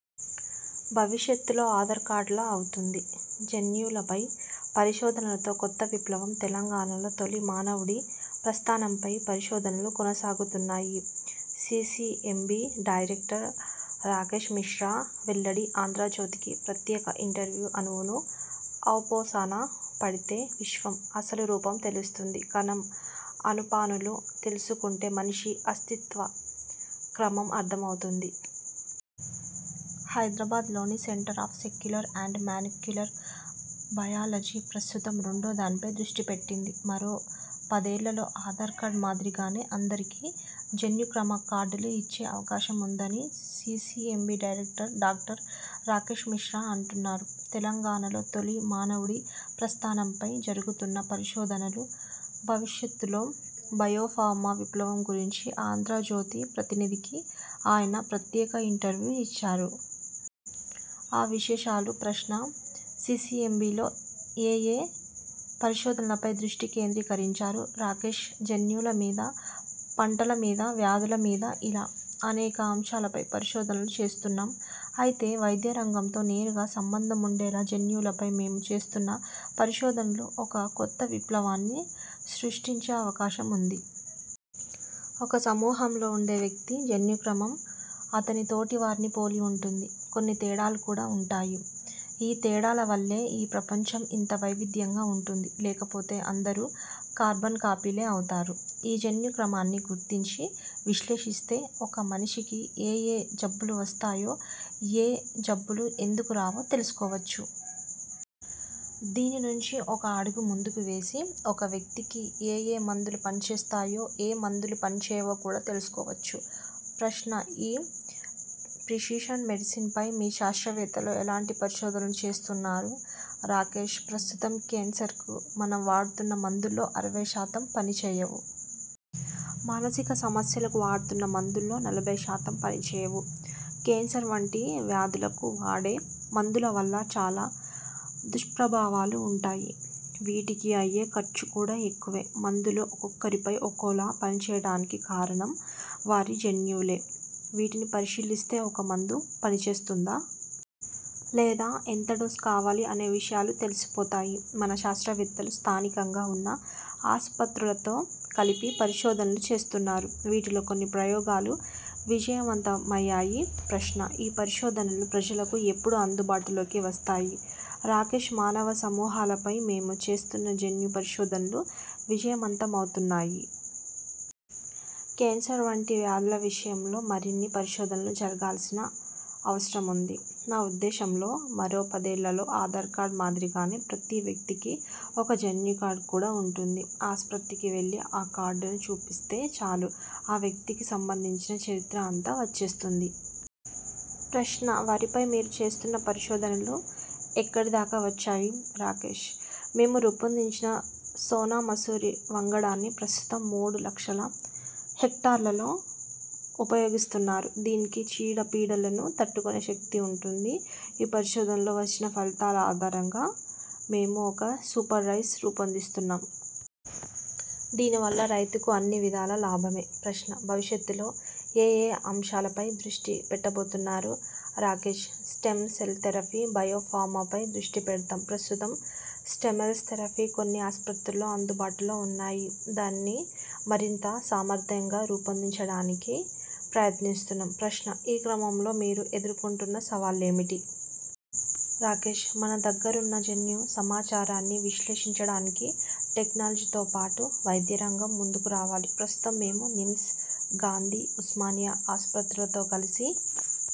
భవిష్యత్తులో ఆధార్ కార్డులా అవుతుంది జన్యులపై పరిశోధనలతో కొత్త విప్లవం తెలంగాణలో తొలి మానవుడి ప్రస్థానంపై పరిశోధనలు కొనసాగుతున్నాయి సీసీఎంబీ డైరెక్టర్ రాకేశ్ మిశ్రా వెల్లడి ఆంధ్రజ్యోతికి ప్రత్యేక ఇంటర్వ్యూ అణువును ఔపోసన పడితే విశ్వం అసలు రూపం తెలుస్తుంది కణం ఆనుపానులు తెలుసుకుంటే మనిషి అస్థిత్వ క్రమం అర్థమవుతుంది. హైదరాబాద్లోని centre for secular and molecular biology ప్రస్తుతం రెండో దానిపై దృష్టి పెట్టింది. మరో పదేళ్లలో ఆధార్ కార్డు మాదిరిగానే అందరికీ జన్యుక్రమ కార్డులు ఇచ్చే అవకాశం ఉందని CCMB director doctor Rakesh Mishra అంటున్నారు. తెలంగాణలో తొలి మానవుడి ప్రస్థానంపై జరుగుతున్న పరిశోధనలు, భవిష్యత్తులో బయోఫార్మా విప్లవం గురించి 'ఆంధ్రజ్యోతి' ప్రతినిధికి ఆయన ప్రత్యేక ఇంటర్వ్యూ ఇచ్చారు. ఆ విశేషాలు ప్రశ్న సీసీఎంబీలో ఏయే పరిశోధనలపై దృష్టి కేంద్రీకరించారు? రాకేశ్ జన్యుల మీద, పంటల మీద, వ్యాధుల మీద ఇలా అనేక అంశాలపై పరిశోధనలు చేస్తున్నాం. అయితే వైద్యరంగంతో నేరుగా సంబంధం ఉండేలా జన్యువులపై మేము చేస్తున్న పరిశోధనలు ఒక కొత్త విప్లవాన్ని సృష్టించే అవకాశముంది. ఒక సమూహంలో ఉండే వ్యక్తి జన్యుక్రమం అతని తోటివారిని పోలి ఉంటుంది. కొన్ని తేడాలు కూడా ఉంటాయి. ఈ తేడాల వల్లే ఈ ప్రపంచం ఇంత వైవిధ్యంగా ఉంటుంది. లేకపోతే అందరూ కార్బన్ కాపీలే అవుతారు. ఈ జన్యుక్రమాన్ని గుర్తించి విశ్లేషిస్తే ఒక మనిషికి ఏయే జబ్బులు వస్తాయో, ఏ జబ్బులు ఎందుకు రావో తెలుసుకోవచ్చు. దీని నుంచి ఒక అడుగు ముందుకు వేసి ఒక వ్యక్తికి ఏయే మందులు పనిచేస్తాయో ఏ మందులు పనిచేయవో కూడా తెలుసుకోవచ్చు. ప్రశ్న ఈ ప్రిసిషన్ మెడిసిన్ పై మీ శాస్త్రవేత్తలు ఎలాంటి పరిశోధనలు చేస్తున్నారు? రాకేశ్ ప్రస్తుతం కేన్సర్ కు మనం వాడుతున్న మందుల్లో అరవై శాతం పనిచేయవు. మానసిక సమస్యలకు వాడుతున్న మందుల్లో నలభై శాతం పనిచేయవు. కేన్సర్ వంటి వ్యాధులకు వాడే మందుల వల్ల చాలా దుష్ప్రభావాలు ఉంటాయి. వీటికి అయ్యే ఖర్చు కూడా ఎక్కువే! మందులు ఒక్కరిపై ఒక్కోలా పనిచేయటానికి కారణం వారి జన్యులే! వీటిని పరిశీలిస్తే ఒక మందు పనిచేస్తుందా? లేదా? ఎంత డోస్ కావాలి? అనే విషయాలు తెలిసిపోతాయి. మన శాస్త్రవేత్తలు స్థానికంగా ఉన్న ఆస్పత్రులతో కలిపి పరిశోధనలు చేస్తున్నారు. వీటిలో కొన్ని ప్రయోగాలు విజయవంతమయ్యాయి. ప్రశ్న ఈ పరిశోధనలు ప్రజలకు ఎప్పుడు అందుబాటులోకి వస్తాయి? రాకేశ్ మానవ సమూహాలపై మేము చేస్తున్న జన్యు పరిశోధనలు విజయవంతమవుతున్నాయి. కేన్సర్ వంటి వ్యాధుల విషయంలో మరిన్ని పరిశోధనలు జరగాల్సిన అవసరముంది. నా ఉద్దేశంలో.. మరో పదేళ్లలో ఆధార్ కార్డు మాదిరిగానే ప్రతి వ్యక్తికీ ఒక జన్యుకార్డు కూడా ఉంటుంది. ఆస్పత్రికి వెళ్లి ఆ కార్డును చూపిస్తే చాలు.. ఆ వ్యక్తికి సంబంధించిన చరిత్ర అంతా వచ్చేస్తుంది. ప్రశ్న వరిపై మీరు చేస్తున్న పరిశోధనలు ఎక్కడి దాకా వచ్చాయి? రాకేశ్ మేము రూపొందించిన సోనా మసూరి వంగడాన్ని ప్రస్తుతం మూడు లక్షల హెక్టార్లలో ఉపయోగిస్తున్నారు. దీనికి చీడ పీడలను తట్టుకొనే శక్తి ఉంటుంది. ఈ పరిశోధనలలో వచ్చిన ఫలితాల ఆధారంగా మేము ఒక సూపర్ రైస్ రూపొందిస్తున్నాం. దీనివల్ల రైతుకు అన్ని విధాలా లాభమే. ప్రశ్న భవిష్యత్తులో ఏయే అంశాలపై దృష్టి పెట్టబోతున్నారు? Rakesh stem cell therapy, bio ఫార్మాపై దృష్టి పెడతాం. ప్రస్తుతం స్టెమెల్స్ థెరపీ కొన్ని ఆస్పత్రుల్లో అందుబాటులో ఉంది. దానిని మరింత సమర్థంగా రూపొందించటానికి ప్రయత్నిస్తున్నాం. ప్రశ్న ఈ క్రమంలో మీరు ఎదుర్కొంటున్న సవాళ్లేమిటి? రాకేశ్ మన దగ్గరున్న జన్యు సమాచారాన్ని విశ్లేషించడానికి టెక్నాలజీతో పాటు వైద్యరంగం ముందుకు రావాలి. ప్రస్తుతం మేము నిమ్స్, గాంధీ, ఉస్మానియా ఆస్పత్రులతో కలిసి